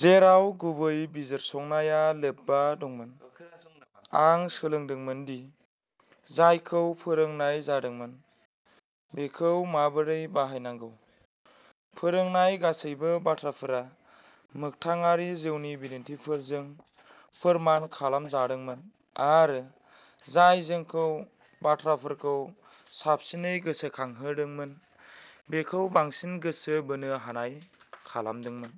जेराव गुबै बिजिरसंनाया लोब्बा दंमोन, आं सोलोंदोंमोन दि जायखौ फोरोंनाय जादोंमोन बेखौ माबोरै बाहायनांगौ। फोरोंनाय गासैबो बाथ्राफोरा मोगथाङारि जिउनि बिदिन्थिफोरजों फोरमान खालामजादोंमोन आरो जाय जोंखौ बाथ्राफोरखौ साबसिनै गोसोखांहोदोंमोन, बेखौ बांसिन गोसो बोनो हानाय खालामदोंमोन।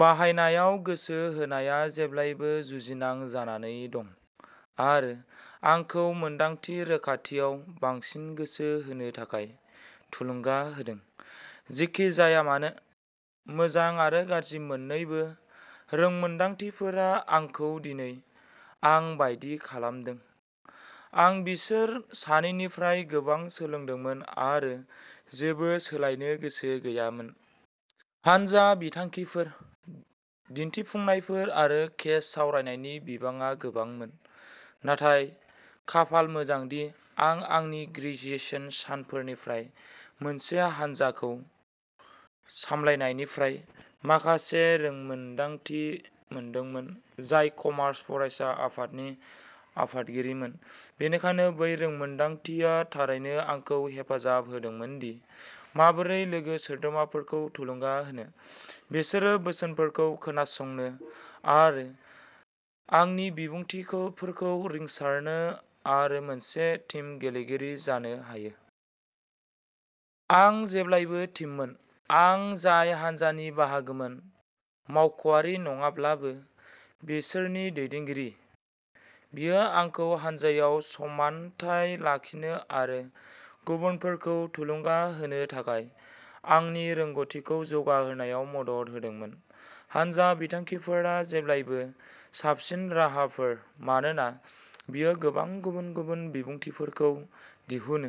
बाहायनायाव गोसो होनाया जेब्लाबो जुजिनां जानानै दं आरो आंखौ सानदांथि रोखाथियाव बांसिन गोसो होनो थाखाय थुलुंगा होदों। जेखि जाया मानो, मोजां आरो गाज्रि मोननैबो रोंमोनदांथिफोरा आंखौ दिनै आं बायदि खालामदों। आं बिसोर सानैनिफ्राय गोबां सोलोंदोंमोन आरो जेबो सोलायनो गोसो गैयामोन। हानजा बिथांखिफोर, दिन्थिफुंनायफोर आरो केस सावरायनायनि बिबाङा गोबांमोन। नाथाय खाफाल मोजांदि आं आंनि ग्रेजुएसन सानफोरनिफ्राय मोनसे हानजाखौ सामलायनायनिफ्राय माखासे रोंमोनदांथि मोनदोंमोन, जाय कमार्स फरायसा आफादनि आफादगिरिमोन। बेनिखायनो, बै रोंमोनदांथिया थारैनो आंखौ हेफाजाब होदोंमोन दि माबोरै लोगो सोद्रोमाफोरखौ थुलुंगा होनो, बिसोरनि बोसोनफोरखौ खोनासंनो, आंनि बिबुंथिफोरखौ रिंसारनो आरो मोनसे टीम गेलेगिरि जानो हायो। आं जेब्लाबो टीममोन। आं जाय हान्जानि बाहागोमोन, मावख'वारि नङाब्लाबो, बिसोरनि दैदेनगिरि। बेयो आंखौ हानजायाव समानथाय लाखिनो आरो गुबुनफोरखौ थुलुंगा होनो थाखाय आंनि रोंग'थिखौ जौगाहोनायाव मदद होदोंमोन। हान्जा बिथांखिफोरा जेब्लाबो साबसिन राहाफोर मानोना बेयो गोबां गुबुन-गुबुन बिबुंथिफोरखौ दिहुनो,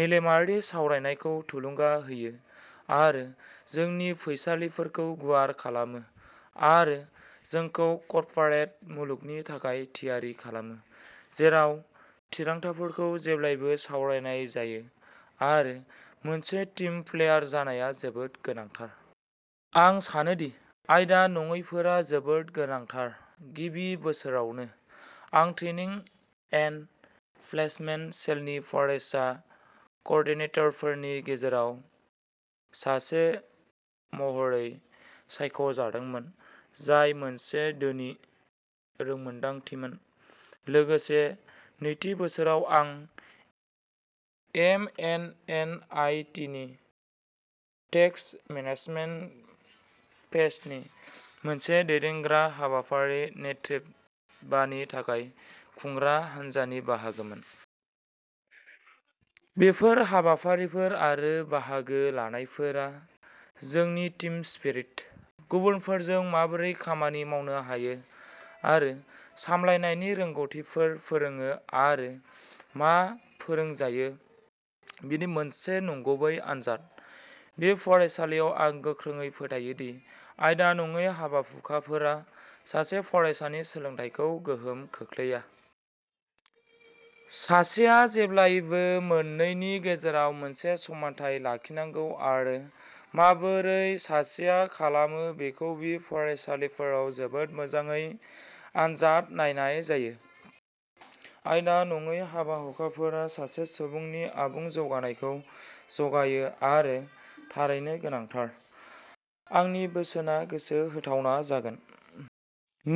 मेलेमारि सावरायनायखौ थुलुंगा होयो आरो जोंनि फैसालिफोरखौ गुवार खालामो आरो जोंखौ कर्परेट मुलुगनि थाखाय थियारि खालामो जेराव थिरांथाफोरखौ जेब्लाबो सावरायनाय जायो आरो मोनसे टीम प्लेयार जानाया जोबोद गोनांथार। आं सानोदि आयदा नङैफोरा जोबोद गोनांथार। गिबि बोसोरावनो, आं ट्रेनिं एन्ड प्लेसमेन्ट सेलनि फरायसा कअर्डिनेटरफोरनि गेजेराव सासे महरै सायख'जादोंमोन, जाय मोनसे धोनि रोंमोनदांथिमोन। लोगोसे, नैथि बोसोराव, आं एम एन एन आइ टिनि टेक्न'-मेनेजमेन्ट फेस्टनि मोनसे दैदेनग्रा हाबाफारि, नेट्रिभानि थाखाय खुंग्रा हानजानि बाहागोमोन। बेफोर हाबाफारिफोर आरो बाहागो लाफानायफोरा जोंनो टीम स्पिरिट, गुबुनफोरजों माबोरै खामानि मावनो हायो, आरो सामलायनायनि रोंग'थिफोर फोरोङो आरो मा फोरोंजायो बेनि मोनसे नंगुबै आनजाद। बि फरायसालियाव आं गोख्रोङै फोथायोदि आयदा नङै हाबा-हुखाफोरा सासे फरायसानि सोलोंथाइखौ गोहोम खोख्लैया। सासेआ जेब्लाबो मोननैनि गेजेराव मोनसे समानथाय लाखिनांगौ आरो माबोरै सासेया खालामो बेखौ बि फरायसालिफोराव जोबोद मोजाङै आनजाद नायनाय जायो। आयदा-नङै हाबा-हुखाफोरा सासे सुबुंनि आबुं जौगानायखौ जगायो आरो थारैनो गोनांथार। आंनि बोसोनआ गोसो होथावना जागोन।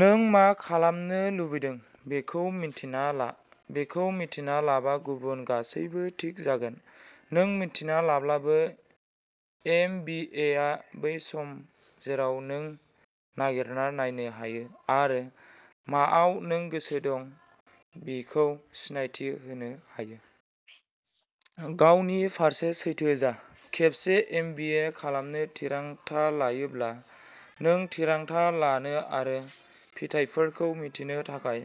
नों मा खालामनो लुबैदों बेखौ मिन्थिना ला। बेखौ मिन्थिना लाबा, गुबुन गासैबो थि जागोन। नों मिन्थिना लाब्लाबो, एम बि ए आ बै सम जेराव नों नागिरना नायनो हायो आरो माआव नों गोसो दं बेखौ सिनायथि होनो हायो। गावनि फारसे सैथो जा। खेबसे एम बि ए खालामनो थिरांथा लायोब्ला, नों थिरांथा लानो आरो फिथायफोरखौ मिन्थिनो थाखाय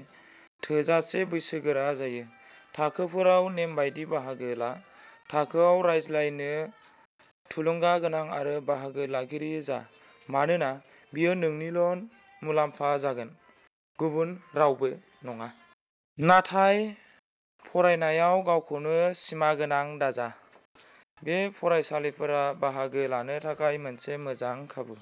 थोजासे बैसोगोरा जायो। थाखोफोराव नेमबादि बाहागो ला, थाखोयाव रायज्लायो, थुलुंगागोनां आरो बाहागो लागिरि जा मानोना बेयो नोंनिल' मुलाम्फा जागोन आरो गुबुन रावबो नङा। नाथाय फरायनायाव गावखौनो सिमागोनां दाजा, बि फरायसालिफोरा बाहागो लानो थाखाय मोनसे मोजां खाबु।